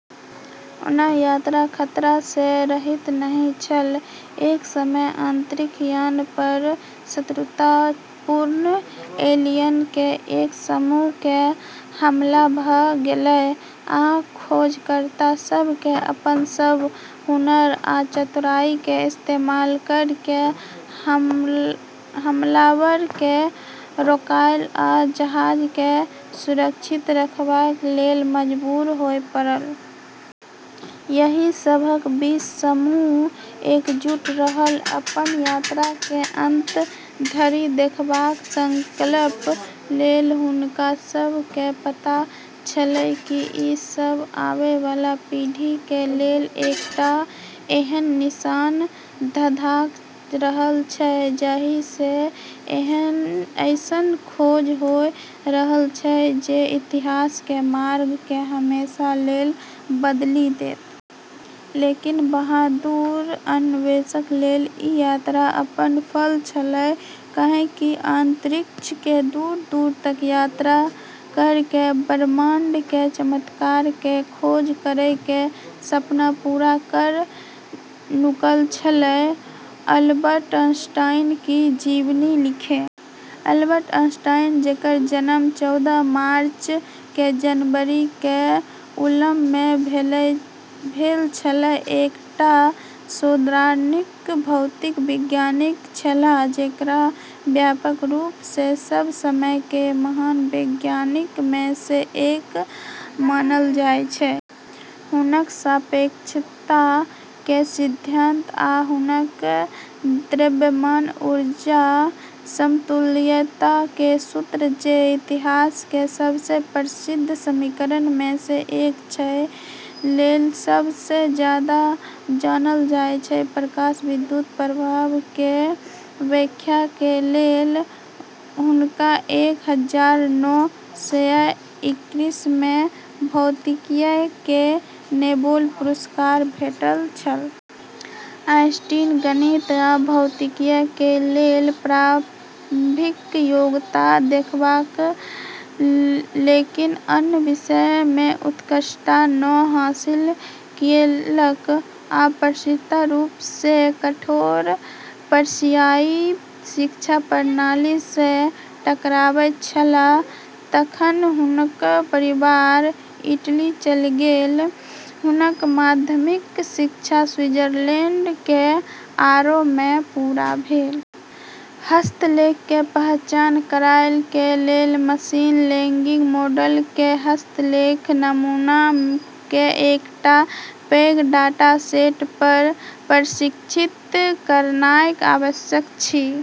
ओना यात्रा खतरासँ रहित नहि छल। एक समय अंतरिक्ष यान पर शत्रुतापूर्ण एलियन के एक समूह के हमला भ' गेलै, आ खोजकर्ता सब के अपन सब हुनर आ चातुर्य के इस्तेमाल क' क' हमलावर के रोकय आ जहाज के सुरक्षित रखय लेल मजबूर होय पड़ल। एहि सबहक बीच समूह एकजुट रहल, अपन यात्रा के अंत धरि देखबाक संकल्प लेल। हुनका सब के पता छेलै कि ई सब आबै वाला पीढ़ी के लेल एकटा ऐसन निशान धधका रहल छै, जाहि सँ ऐसन खोज होय रहल अछि जे इतिहास के मार्ग के हमेशा लेल बदलि देत। लेकिन बहादुर अन्वेषक लेल ई यात्रा अपन फल छेलै, कैन्हेकि अंतरिक्ष के दूर-दूर तक यात्रा क' क' ब्रह्मांड के चमत्कार के खोज करै के सपना पूरा क' चुकल छेलै। अल्बर्ट आइंस्टीन की जीवनी लिखें। अल्बर्ट आइंस्टीन, जेकर जन्म चौदह मार्च के जर्मनी के उल्म मे भेल छेलै, एकटा सैद्धांतिक भौतिक विज्ञानी छेलाह जेकरा व्यापक रूप सँ सब समय के महान वैज्ञानिक मे सँ एक मानल जाय छै। हुनक सापेक्षता के सिद्धांत, आ हुनक द्रव्यमान-ऊर्जा समतुल्यता के सूत्र, जे इतिहास के सबसँ प्रसिद्ध समीकरण मे सँ एक छै, लेल सबसँ जादा जानल जाय छै। प्रकाश विद्युत प्रभाव के व्याख्या के लेल हुनका एक हजार नौ सय इक्कीस मे भौतिकी के नोबेल पुरस्कार भेटल छल। आइंस्टीन गणित आ भौतिकी के लेल प्रारंभिक योग्यता देखौलक, लेकिन अन्य विषय मे उत्कृष्टता नै हासिल कएलक, आ प्रसिद्ध रूप सँ कठोर प्रशियाई शिक्षा प्रणाली सँ टकराबैत छेलाह। तखन हुनक परिवार इटली चल गेल, आ हुनक माध्यमिक शिक्षा स्विट्जरलैंड के आरौ मे पूरा भेल। हस्तलेख के पहचान करय के लेल मशीन लर्निंग मॉडल के हस्तलेख नमूना के एकटा पैघ डाटासेट पर प्रशिक्षित करनाय आवश्यक अछि।